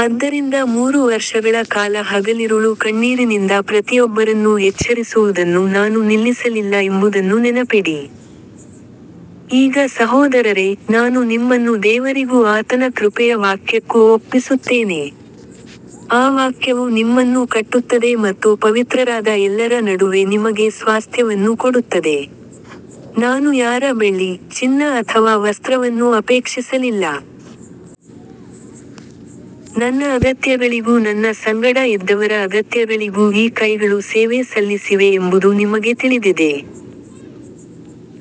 ಆದ್ದರಿಂದ ಮೂರು ವರ್ಷಗಳ ಕಾಲ ಹಗಲಿರುಳು ಕಣ್ಣೀರಿನಿಂದ ಪ್ರತಿಯೊಬ್ಬರನ್ನೂ ಎಚ್ಚರಿಸುವುದನ್ನು ನಾನು ನಿಲ್ಲಿಸಲಿಲ್ಲ ಎಂಬುದನ್ನು ನೆನಪಿಡಿ. ಈಗ ಸಹೋದರರೇ, ನಾನು ನಿಮ್ಮನ್ನು ದೇವರಿಗೂ ಆತನ ಕೃಪೆಯ ವಾಕ್ಯಕ್ಕೂ ಒಪ್ಪಿಸುತ್ತೇನೆ. ಆ ವಾಕ್ಯವು ನಿಮ್ಮನ್ನು ಕಟ್ಟುತ್ತದೆ ಮತ್ತು ಪವಿತ್ರರಾದ ಎಲ್ಲರ ನಡುವೆ ನಿಮಗೆ ಸ್ವಾಸ್ತ್ಯವನ್ನು ಕೊಡುತ್ತದೆ. ನಾನು ಯಾರ ಬೆಳ್ಳಿ, ಚಿನ್ನ ಅಥವಾ ವಸ್ತ್ರವನ್ನೂ ಅಪೇಕ್ಷಿಸಲಿಲ್ಲ. ನನ್ನ ಅಗತ್ಯಗಳಿಗೂ ನನ್ನ ಸಂಗಡ ಇದ್ದವರ ಅಗತ್ಯಗಳಿಗೂ ಈ ಕೈಗಳು ಸೇವೆ ಸಲ್ಲಿಸಿವೆ ಎಂಬುದು ನಿಮಗೆ ತಿಳಿದಿದೆ.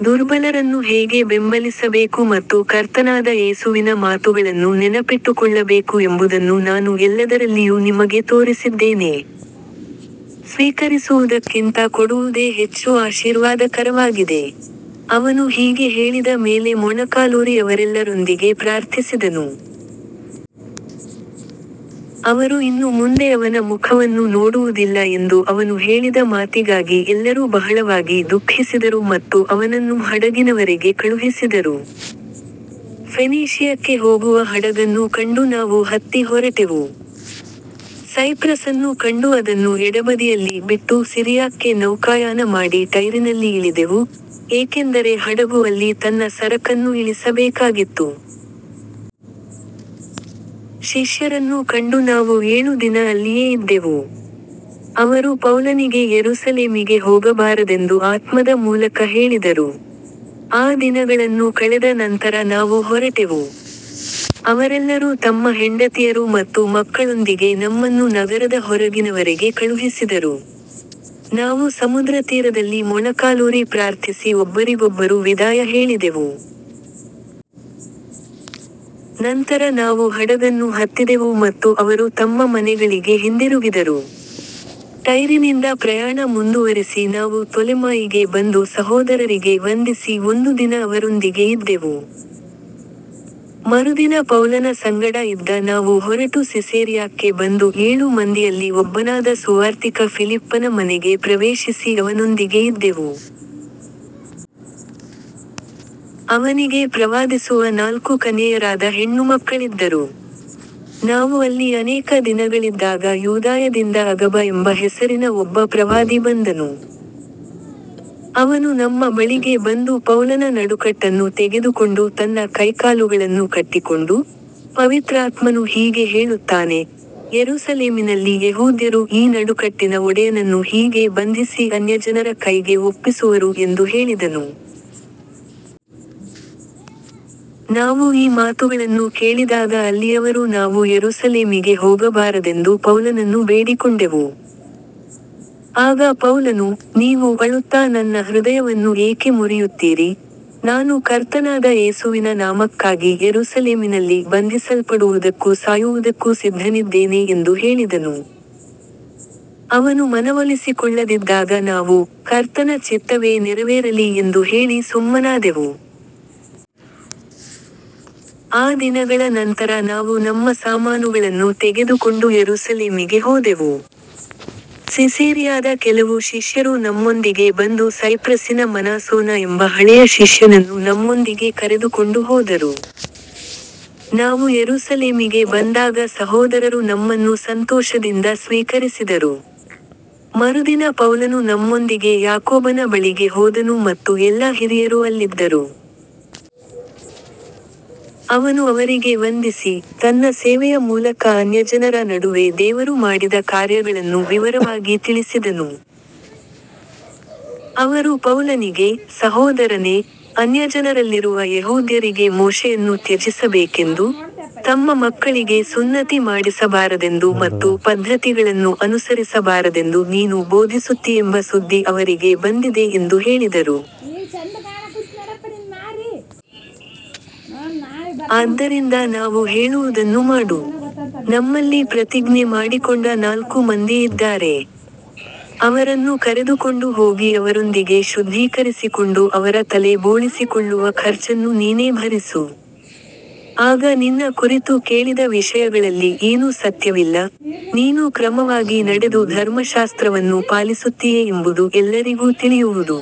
ದುರ್ಬಲರನ್ನು ಹೇಗೆ ಬೆಂಬಲಿಸಬೇಕು ಮತ್ತು ಕರ್ತನಾದ ಯೇಸುವಿನ ಮಾತುಗಳನ್ನು ನೆನಪಿಟ್ಟುಕೊಳ್ಳಬೇಕು ಎಂಬುದನ್ನು ನಾನು ಎಲ್ಲದರಲ್ಲಿಯೂ ನಿಮಗೆ ತೋರಿಸಿದ್ದೇನೆ. ಸ್ವೀಕರಿಸುವುದಕ್ಕಿಂತ ಕೊಡುವುದೇ ಹೆಚ್ಚು ಆಶೀರ್ವಾದಕರವಾಗಿದೆ. ಅವನು ಹೀಗೆ ಹೇಳಿದ ಮೇಲೆ ಮೊಣಕಾಲೂರಿ ಅವರೆಲ್ಲರೊಂದಿಗೆ ಪ್ರಾರ್ಥಿಸಿದನು. ಅವರು ಇನ್ನು ಮುಂದೆ ಅವನ ಮುಖವನ್ನು ನೋಡುವುದಿಲ್ಲ ಎಂದು ಅವನು ಹೇಳಿದ ಮಾತಿಗಾಗಿ ಎಲ್ಲರೂ ಬಹಳವಾಗಿ ದುಃಖಿಸಿದರು ಮತ್ತು ಅವನನ್ನು ಹಡಗಿನವರೆಗೆ ಕಳುಹಿಸಿದರು. ಫೆನೀಷಿಯಕ್ಕೆ ಹೋಗುವ ಹಡಗನ್ನು ಕಂಡು ನಾವು ಹತ್ತಿ ಹೊರಟೆವು. ಸೈಪ್ರಸನ್ನು ಕಂಡು ಅದನ್ನು ಎಡಬದಿಯಲ್ಲಿ ಬಿಟ್ಟು ಸಿರಿಯಾಕ್ಕೆ ನೌಕಾಯಾನ ಮಾಡಿ ಟೈರಿನಲ್ಲಿ ಇಳಿದೆವು, ಏಕೆಂದರೆ ಹಡಗು ಅಲ್ಲಿ ತನ್ನ ಸರಕನ್ನು ಇಳಿಸಬೇಕಾಗಿತ್ತು. ಶಿಷ್ಯರನ್ನು ಕಂಡು ನಾವು ಏಳು ದಿನ ಅಲ್ಲಿಯೇ ಇದ್ದೆವು. ಅವರು ಪೌಲನಿಗೆ ಯೆರೂಸಲೇಮಿಗೆ ಹೋಗಬಾರದೆಂದು ಆತ್ಮದ ಮೂಲಕ ಹೇಳಿದರು. ಆ ದಿನಗಳನ್ನು ಕಳೆದ ನಂತರ ನಾವು ಹೊರಟೆವು. ಅವರೆಲ್ಲರೂ ತಮ್ಮ ಹೆಂಡತಿಯರು ಮತ್ತು ಮಕ್ಕಳೊಂದಿಗೆ ನಮ್ಮನ್ನು ನಗರದ ಹೊರಗಿನವರೆಗೆ ಕಳುಹಿಸಿದರು. ನಾವು ಸಮುದ್ರತೀರದಲ್ಲಿ ಮೊಣಕಾಲೂರಿ ಪ್ರಾರ್ಥಿಸಿ ಒಬ್ಬರಿಗೊಬ್ಬರು ವಿದಾಯ ಹೇಳಿದೆವು. ನಂತರ ನಾವು ಹಡಗನ್ನು ಹತ್ತಿದೆವು ಮತ್ತು ಅವರು ತಮ್ಮ ಮನೆಗಳಿಗೆ ಹಿಂದಿರುಗಿದರು. ಟೈರಿನಿಂದ ಪ್ರಯಾಣ ಮುಂದುವರಿಸಿ ನಾವು ತೊಲೆಮಾಯಿಗೆ ಬಂದು ಸಹೋದರರಿಗೆ ವಂದಿಸಿ ಒಂದು ದಿನ ಅವರೊಂದಿಗೆ ಇದ್ದೆವು. ಮರುದಿನ ಪೌಲನ ಸಂಗಡ ಇದ್ದ ನಾವು ಹೊರಟು ಸಿಸೇರಿಯಾಕ್ಕೆ ಬಂದು ಏಳು ಮಂದಿಯಲ್ಲಿ ಒಬ್ಬನಾದ ಸುವಾರ್ತಿಕ ಫಿಲಿಪ್ಪನ ಮನೆಗೆ ಪ್ರವೇಶಿಸಿ ಅವನೊಂದಿಗೆ ಇದ್ದೆವು. ಅವನಿಗೆ ಪ್ರವಾದಿಸುವ ನಾಲ್ಕು ಕನ್ಯೆಯರಾದ ಹೆಣ್ಣುಮಕ್ಕಳಿದ್ದರು. ನಾವು ಅಲ್ಲಿ ಅನೇಕ ದಿನಗಳಿದ್ದಾಗ ಯೂದಾಯದಿಂದ ಅಗಬ ಎಂಬ ಹೆಸರಿನ ಒಬ್ಬ ಪ್ರವಾದಿ ಬಂದನು. ಅವನು ನಮ್ಮ ಬಳಿಗೆ ಬಂದು ಪೌಲನ ನಡುಕಟ್ಟನ್ನು ತೆಗೆದುಕೊಂಡು ತನ್ನ ಕೈಕಾಲುಗಳನ್ನು ಕಟ್ಟಿಕೊಂಡು, ಪವಿತ್ರಾತ್ಮನು ಹೀಗೆ ಹೇಳುತ್ತಾನೆ, ಯೆರೂಸಲೇಮಿನಲ್ಲಿ ಯೆಹೂದ್ಯರು ಈ ನಡುಕಟ್ಟಿನ ಒಡೆಯನನ್ನು ಹೀಗೆ ಬಂಧಿಸಿ ಅನ್ಯಜನರ ಕೈಗೆ ಒಪ್ಪಿಸುವರು ಎಂದು ಹೇಳಿದನು. ನಾವು ಈ ಮಾತುಗಳನ್ನು ಕೇಳಿದಾಗ ಅಲ್ಲಿಯವರೂ ನಾವೂ ಯೆರೂಸಲೇಮಿಗೆ ಹೋಗಬಾರದೆಂದು ಪೌಲನನ್ನು ಬೇಡಿಕೊಂಡೆವು. ಆಗ ಪೌಲನು, ನೀವು ಅಳುತ್ತಾ ನನ್ನ ಹೃದಯವನ್ನು ಏಕೆ ಮುರಿಯುತ್ತೀರಿ, ನಾನು ಕರ್ತನಾದ ಯೇಸುವಿನ ನಾಮಕ್ಕಾಗಿ ಯೆರೂಸಲೇಮಿನಲ್ಲಿ ಬಂಧಿಸಲ್ಪಡುವುದಕ್ಕೂ ಸಾಯುವುದಕ್ಕೂ ಸಿದ್ಧನಿದ್ದೇನೆ ಎಂದು ಹೇಳಿದನು. ಅವನು ಮನವೊಲಿಸಿಕೊಳ್ಳದಿದ್ದಾಗ ನಾವು, ಕರ್ತನ ಚಿತ್ತವೇ ನೆರವೇರಲಿ ಎಂದು ಹೇಳಿ ಸುಮ್ಮನಾದೆವು. ಆ ದಿನಗಳ ನಂತರ ನಾವು ನಮ್ಮ ಸಾಮಾನುಗಳನ್ನು ತೆಗೆದುಕೊಂಡು ಯೆರೂಸಲೇಮಿಗೆ ಹೋದೆವು. ಸಿಸೇರಿಯಾದ ಕೆಲವು ಶಿಷ್ಯರೂ ನಮ್ಮೊಂದಿಗೆ ಬಂದು ಸೈಪ್ರಸಿನ ಮ್ನಾಸೋನ ಎಂಬ ಹಳೆಯ ಶಿಷ್ಯನನ್ನು ನಮ್ಮೊಂದಿಗೆ ಕರೆದುಕೊಂಡು ಹೋದರು. ನಾವು ಯೆರೂಸಲೇಮಿಗೆ ಬಂದಾಗ ಸಹೋದರರು ನಮ್ಮನ್ನು ಸಂತೋಷದಿಂದ ಸ್ವೀಕರಿಸಿದರು. ಮರುದಿನ ಪೌಲನು ನಮ್ಮೊಂದಿಗೆ ಯಾಕೋಬನ ಬಳಿಗೆ ಹೋದನು ಮತ್ತು ಎಲ್ಲಾ ಹಿರಿಯರೂ ಅಲ್ಲಿದ್ದರು. ಅವನು ಅವರಿಗೆ ವಂದಿಸಿ, ತನ್ನ ಸೇವೆಯ ಮೂಲಕ ಅನ್ಯಜನರ ನಡುವೆ ದೇವರು ಮಾಡಿದ ಕಾರ್ಯಗಳನ್ನು ವಿವರವಾಗಿ ತಿಳಿಸಿದನು. ಅವರು ಪೌಲನಿಗೆ, ಸಹೋದರನೇ, ಅನ್ಯಜನರಲ್ಲಿರುವ ಯೆಹೂದ್ಯರಿಗೆ ಮೋಶೆಯನ್ನು ತ್ಯಜಿಸಬೇಕೆಂದು, ತಮ್ಮ ಮಕ್ಕಳಿಗೆ ಸುನ್ನತಿ ಮಾಡಿಸಬಾರದೆಂದು ಮತ್ತು ಪದ್ಧತಿಗಳನ್ನು ಅನುಸರಿಸಬಾರದೆಂದು ನೀನು ಬೋಧಿಸುತ್ತೀಯೆಂಬ ಸುದ್ದಿ ಅವರಿಗೆ ಬಂದಿದೆ ಎಂದು ಹೇಳಿದರು. ಆದ್ದರಿಂದ ನಾವು ಹೇಳುವುದನ್ನು ಮಾಡು. ನಮ್ಮಲ್ಲಿ ಪ್ರತಿಜ್ಞೆ ಮಾಡಿಕೊಂಡ ನಾಲ್ಕು ಮಂದಿ ಇದ್ದಾರೆ. ಅವರನ್ನು ಕರೆದುಕೊಂಡು ಹೋಗಿ ಅವರೊಂದಿಗೆ ಶುದ್ಧೀಕರಿಸಿಕೊಂಡು ಅವರ ತಲೆ ಬೋಳಿಸಿಕೊಳ್ಳುವ ಖರ್ಚನ್ನು ನೀನೇ ಭರಿಸು. ಆಗ ನಿನ್ನ ಕುರಿತು ಕೇಳಿದ ವಿಷಯಗಳಲ್ಲಿ ಏನೂ ಸತ್ಯವಿಲ್ಲ, ನೀನೂ ಕ್ರಮವಾಗಿ ನಡೆದು ಧರ್ಮಶಾಸ್ತ್ರವನ್ನು ಪಾಲಿಸುತ್ತೀಯೆ ಎಂಬುದು ಎಲ್ಲರಿಗೂ ತಿಳಿಯುವುದು.